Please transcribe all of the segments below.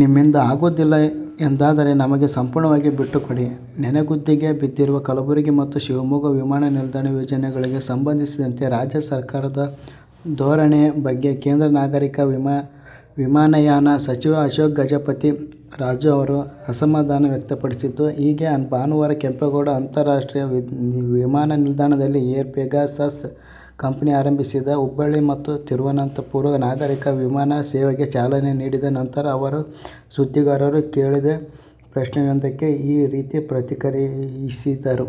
ನಿಮ್ಮಿಂದ ಆಗುವುದಿಲ್ಲ ಎಂದಾದರೆ ನಮಗೆ ಸಂಪೂರ್ಣವಾಗಿ ಬಿಟ್ಟುಕೊಡಿ- ನೆನೆಗುದಿಗೆ ಬಿದ್ದಿರುವ ಕಲಬುರಗಿ ಮತ್ತು ಶಿವಮೊಗ್ಗ ವಿಮಾನ ನಿಲ್ದಾಣ ಯೋಜನೆಗಳಿಗೆ ಸಂಬಂಧಿಸಿದಂತೆ ರಾಜ್ಯ ಸರ್ಕಾರದ ಧೋ ರಣೆ ಬಗ್ಗೆ ಕೇಂದ್ರ ನಾಗರಿಕ ವಿಮಾನಯಾನ ಸಚಿವ ಅಶೋಕ್ ಗಜಪತಿ ರಾಜು ಅವರು ಅಸಮಾಧಾನ ವ್ಯಕ್ತಪಡಿಸಿದ್ದು ಹೀಗೆ. ಭಾನುವಾರ ಕೆಂಪೇಗೌಡ ಅಂತಾರಾಷ್ಟ್ರೀಯ ವಿಮಾನ ನಿಲ್ದಾಣದಲ್ಲಿ ಏರ್ ಪೆಗಾಸಸ್ ಕಂಪನಿ ಆರಂಭಿಸಿದ ಹುಬ್ಬಳ್ಳಿ ಮತ್ತು ತಿರುವನಂತಪುರ ನಾಗರೀಕ ವಿಮಾನ ಸೇವೆಗೆ ಚಾಲನೆ ನೀಡಿದ ನಂತರ ಅವರು ಸುದ್ದಿಗಾರರು ಕೇಳಿದ ಪ್ರಶ್ನೆಯೊಂದಕ್ಕೆ ಈ ರೀತಿ ಪ್ರತಿಕ್ರಿಯಿಸಿದರು.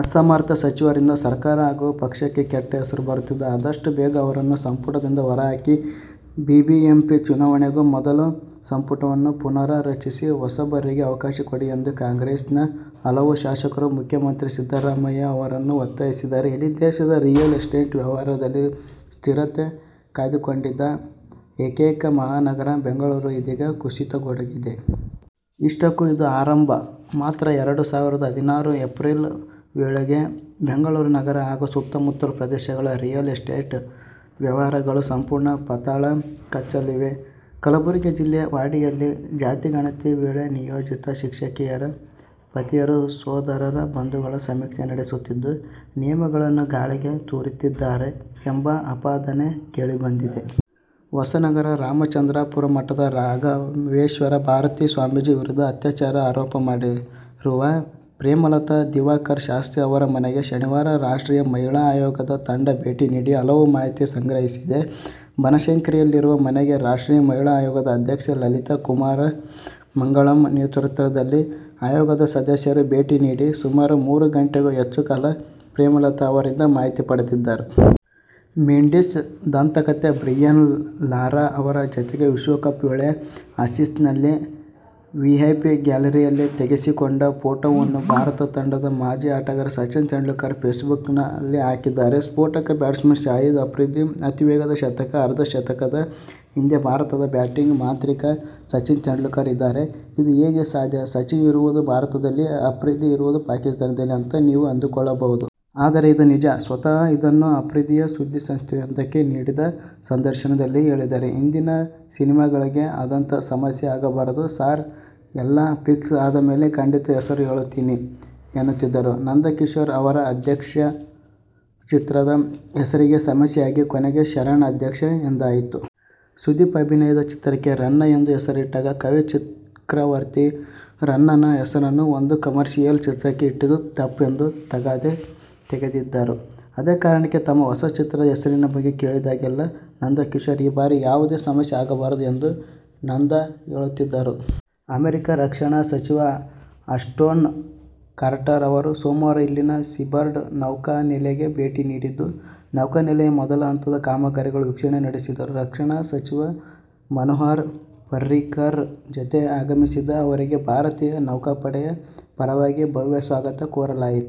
ಅಸಮರ್ಥ ಸಚಿವರಿಂದ ಸರ್ಕಾರ ಹಾಗೂ ಪಕ್ಷಕ್ಕೆ ಕೆಟ್ಟ ಹೆಸರು ಬರುತ್ತಿದ್ದು, ಆದಷ್ಟು ಬೇಗ ಅವರನ್ನು ಸಂಪುಟದಿಂದ ಹೊರಹಾಕಿ. ಬಿಬಿಎಂಪಿ ಚುನಾವಣೆಗೂ ಮೊದಲು ಸಂಪುಟವನ್ನು ಪುನರ್ ರಚಿಸಿ, ಹೊಸಬರಿಗೆ ಅವಕಾಶ ಕೊಡಿ ಎಂದು ಕಾಂಗ್ರೆಸ್ನ ಹಲವು ಶಾಸಕರು ಮುಖ್ಯಮಂತ್ರಿ ಸಿದ್ದರಾಮಯ್ಯ ಅವರನ್ನು ಒತ್ತಾಯಿಸಿದ್ದಾರೆ. ಇಡೀ ದೇಶದ ರಿಯಲ್ ಎಸ್ಟೇಟ್ ವ್ಯವಹಾರದಲ್ಲಿ ಸ್ಥಿರತೆ ಕಾಯ್ದುಕೊಂಡಿದ್ದ ಏಕೈಕ ಮಹಾನಗರ ಬೆಂಗಳೂರು ಇದೀಗ ಕುಸಿಯತೊಡಗಿದೆ. ಇಷ್ಟಕ್ಕೂ, ಇದು ಆರಂಭ ಮಾತ್ರ. ಎರಡು ಸಾವಿರದ ಹದಿನಾರರ ಏಪ್ರಿಲ್ ವೇಳೆಗೆ ಬೆಂಗಳೂರು ನಗರ ಹಾಗೂ ಸುತ್ತಮುತ್ತಲ ಪ್ರದೇಶಗಳ ರಿಯಲ್ ಎಸ್ಟೇಟ್ ವ್ಯವಹಾರಗಳು ಸಂಪೂರ್ಣ ಪಾತಾಳ ಕಚ್ಚಲಿವೆ. ಕಲಬುರಗಿ ಜಿಲ್ಲೆ ವಾಡಿಯಲ್ಲಿ ಜಾತಿಗಣತಿ ವೇಳೆ ನಿಯೋಜಿತ ಶಿಕ್ಷಕಿಯರ ಪತಿಯರು, ಸೋದರ ಬಂಧುಗಳು ಸಮೀಕ್ಷೆ ನಡೆಸುತ್ತಿದ್ದು, ನಿಯಮಗಳನ್ನು ಗಾಳಿಗೆ ತೂರುತ್ತಿದ್ದಾರೆ ಎಂಬ ಆಪಾದನೆ ಕೇಳಿಬಂದಿದೆ. ಹೊಸನಗರ ರಾಮಚಂದ್ರಾಪುರ ಮಠದ ರಾಘವೇಶ್ವರ ಭಾರತಿ ಸ್ವಾಮೀಜಿ ವಿರುದ್ಧ ಅತ್ಯಾಚಾರ ಆರೋಪ ಮಾಡಿರುವ ಪ್ರೇಮಲತಾ ದಿವಾಕರ ಶಾಸ್ತ್ರಿ ಅವರ ಮನೆಗೆ ಶನಿವಾರ ರಾಷ್ಟ್ರೀಯ ಮಹಿಳಾ ಆಯೋಗದ ತಂಡ ಭೇಟಿ ನೀಡಿ ಹಲವು ಮಾಹಿತಿ ಸಂಗ್ರಹಿಸಿದೆ. ಬನಶಂಕರಿಯಲ್ಲಿರುವ ಮನೆಗೆ ರಾಷ್ಟ್ರೀಯ ಮಹಿಳಾ ಆಯೋಗದ ಅಧ್ಯಕ್ಷೆ ಲಲಿತಾ ಕುಮಾರ ಮಂಗಳಂ ನೇತೃತ್ವದಲ್ಲಿ ಆಯೋಗದ ಸದಸ್ಯರು ಭೇಟಿ ನೀಡಿ ಸುಮಾರು ಮೂರು ಗಂಟೆಗೂ ಹೆಚ್ಚು ಕಾಲ ಪ್ರೇಮಲತಾ ಅವರಿಂದ ಮಾಹಿತಿ ಪಡೆದರು. ವಿಂಡೀಸ್ ದಂತಕಥೆ ಬ್ರಿಯಾನ್ ಲಾರಾ ಅವರ ಜತೆಗೆ ವಿಶ್ವಕಪ್ ವೇಳೆ ಆಸೀಸ್ನಲ್ಲಿ ವಿಐಪಿ ಗ್ಯಾಲರಿಯಲ್ಲಿ ತೆಗೆಸಿಕೊಂಡ ಫೋಟೋವನ್ನು ಭಾರತ ತಂಡದ ಮಾಜಿ ಆಟಗಾರ ಸಚಿನ್ ತೆಂಡುಲ್ಕರ್ ಫೇಸ್ಬುಕ್ನಲ್ಲಿ ಹಾಕಿದ್ದಾರೆ. ಸ್ಫೋಟಕ ಬ್ಯಾಟ್ಸ್ಮನ್ ಶಾಹಿದ್ ಅಫ್ರಿದಿ ಅತೀ ವೇಗದ ಶತಕ, ಅರ್ಧ ಶತಕದ ಹಿಂದೆ ಭಾರತದ ಬ್ಯಾಟಿಂಗ್ ಮಾಂತ್ರಿಕ ಸಚಿನ್ ತೆಂಡುಲ್ಕರ್ ಇದ್ದಾರೆ ಇದು ಹೇಗೆ ಸಾಧ್ಯ ಸಚಿನ್ ಇರುವುದು ಭಾರತದಲ್ಲಿ, ಅಫ್ರಿದಿ ಇರುವುದು ಪಾಕಿಸ್ಥಾನದಲ್ಲಿ ಅಂತ ನೀವು ಅಂದುಕೊಳ್ಳಬಹುದು. ಆದರೆ ಇದು ನಿಜ. ಸ್ವತಃ ಇದನ್ನು ಅಫ್ರಿದಿಯೇ ಸುದ್ದಿ ಸಂಸ್ಥೆಯೊಂದಕ್ಕೆ ನೀಡಿದ ಸಂದರ್ಶನದಲ್ಲಿ ಹೇಳಿದ್ದಾರೆ. "ಹಿಂದಿನ ಸಿನಿಮಾಗಳಿಗೆ ಆದಂತಹ ಸಮಸ್ಯೆ ಆಗಬಾರದು ಸಾರ್. ಎಲ್ಲಾ ಫಿಕ್ಸ್ ಆದಮೇಲೆ ಖಂಡಿತಾ ಹೆಸರು ಹೇಳುತ್ತೀನಿ' ಎನ್ನುತ್ತಿದ್ದರು ನಂದಕಿಶೋರ್. ಅವರ "ಅಧ್ಯಕ್ಷ' ಚಿತ್ರದ ಹೆಸರಿಗೆ ಸಮಸ್ಯೆಯಾಗಿ ಕೊನೆಗೆ "ಶರಣ್ ಅಧ್ಯಕ್ಷ' ಎಂದಾಯಿತು. ಸುದೀಪ್ ಅಭಿನಯದ ಚಿತ್ರಕ್ಕೆ "ರನ್ನ' ಎಂದು ಹೆಸರಿಟ್ಟಾಗ, ಕವಿ ಚಕ್ರವರ್ತಿ ರನ್ನನ ಹೆಸರನ್ನು ಒಂದು ಕಮರ್ಷಿಯಲ್ ಚಿತ್ರಕ್ಕೆ ಇಟ್ಟಿದ್ದು ತಪ್ಪು ಎಂದು ತಗಾದೆ ತೆಗೆದಿದ್ದರು. ಅದೇ ಕಾರಣಕ್ಕೆ ತಮ್ಮ ಹೊಸ ಚಿತ್ರದ ಹೆಸರಿನ ಬಗ್ಗೆ ಕೇಳಿದಾಗಲೆಲ್ಲಾ ನಂದಕಿಶೋರ್, ಈ ಬಾರಿ ಯಾವುದೇ ಸಮಸ್ಯೆ ಆಗಬಾರದು ಎಂದು ನಂದ ಹೇಳುತ್ತಿದ್ದರು. ಅಮೆರಿಕ ರಕ್ಷಣಾ ಸಚಿವ ಅಸ್ಟೋನ್ ಕಾರ್ಟರ್ ಅವರು ಸೋಮವಾರ ಇಲ್ಲಿನ ಸೀಬರ್ಡ್ ನೌಕಾನೆಲೆಗೆ ಭೇಟಿ ನೀಡಿದ್ದು, ನೌಕಾನೆಲೆಯ ಮೊದಲ ಹಂತದ ಕಾಮಗಾರಿಗಳ ವೀಕ್ಷಣೆ ನಡೆಸಿದರು. ರಕ್ಷಣಾ ಸಚಿವ ಮನೋಹರ ಪರ್ರಿಕರ್ ಜತೆ ಆಗಮಿಸಿದ ಅವರಿಗೆ ಭಾರತೀಯ ನೌಕಾಪಡೆಯ ಪರವಾಗಿ ಭವ್ಯ ಸ್ವಾಗತ ಕೋರಲಾಯಿತು.